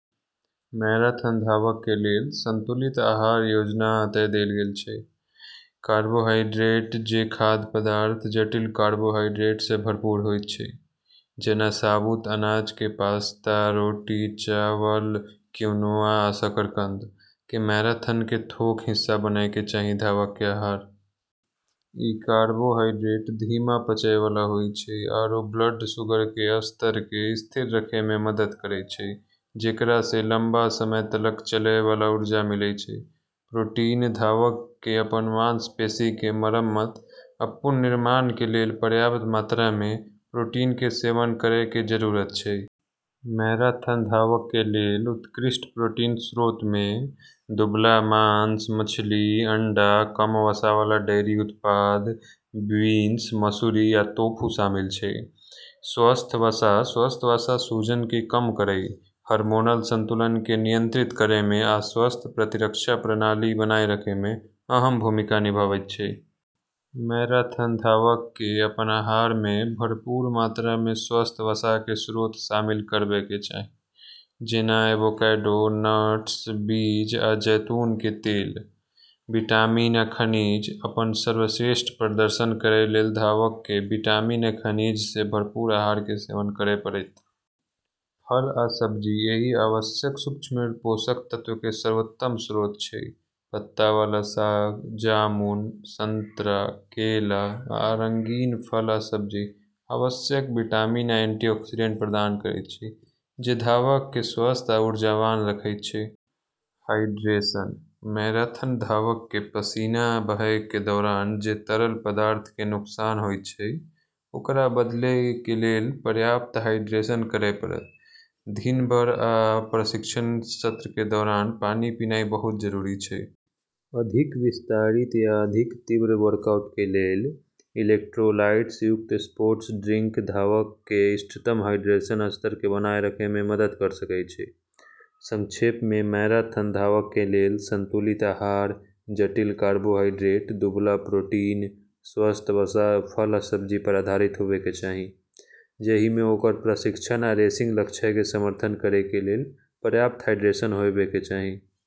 Marathon धावक के लेल संतुलित आहार योजना एतय देल गेल छै: कार्बोहाइड्रेट: जे खाद्य पदार्थ जटिल कार्बोहाइड्रेट सँ भरपूर होइत छै- जेना साबुत अनाज के पास्ता, रोटी, चावल, क्विनोआ, आ शकरकंद, के मैराथन के थोक हिस्सा बनय के चाही धावक के आहार। ई कार्बोहाइड्रेट धीमा पचय वाला होय छै आरू ब्लड शुगर के स्तर क॑ स्थिर रखै म॑ मदद करै छै, जेकरा स॑ लंबा समय तलक चलै वाला ऊर्जा मिलै छै। प्रोटीन: धावक के अपन मांसपेशी के मरम्मत आ पुनर्निर्माण के लेल पर्याप्त मात्रा मे प्रोटीन के सेवन करय के जरूरत छै। मैराथन धावक के लेल उत्कृष्ट प्रोटीन स्रोत मे दुबला मांस, मछली, अंडा, कम वसा वाला डेयरी उत्पाद, बीन्स, मसुरी, आ टोफू शामिल छै। स्वस्थ वसा: स्वस्थ वसा सूजन के कम करय, हार्मोनल संतुलन के नियंत्रित करय मे, आ स्वस्थ प्रतिरक्षा प्रणाली के बनाए रखय मे अहम भूमिका निभाबैत अछि। मैराथन धावक के अपन आहार मे भरपूर मात्रा मे स्वस्थ वसा के स्रोत शामिल करबाक चाही, जेना एवोकैडो, नट्स, बीज, आ जैतून के तेल। विटामिन आ खनिज: अपन सर्वश्रेष्ठ प्रदर्शन करय लेल धावक के विटामिन आ खनिज सँ भरपूर आहार के सेवन करय पड़त। फल आ सब्जी एहि आवश्यक सूक्ष्म पोषक तत्व के सर्वोत्तम स्रोत छै। पत्ता वाला साग, जामुन, संतरा, केला, आ अन्य रंगीन फल आ सब्जी आवश्यक विटामिन आ एंटीऑक्सीडेंट प्रदान करैत छै जे धावक के स्वस्थ आ ऊर्जावान रखैत छै। हाइड्रेशन: मैराथन धावक के पसीना बहय के दौरान जे तरल पदार्थ के नुकसान होइत अछि ओकरा बदलय के लेल पर्याप्त हाइड्रेशन करय पड़त। दिन भर आ प्रशिक्षण सत्र के दौरान पानी पीनाय बहुत जरूरी छै। अधिक विस्तारित या अधिक तीव्र वर्कआउट के लेल, इलेक्ट्रोलाइट्स युक्त स्पोर्ट्स ड्रिंक धावक के इष्टतम हाइड्रेशन स्तर के बनाए रखय मे मदद कऽ सकय छै। संक्षेप मे, मैराथन धावक के लेल संतुलित आहार जटिल कार्बोहाइड्रेट, दुबला प्रोटीन, स्वस्थ वसा, फल, आ सब्जी पर आधारित होबाक चाही, जहि मे ओकर प्रशिक्षण आ रेसिंग लक्ष्य के समर्थन करय के लेल पर्याप्त हाइड्रेशन होयबाक चाही।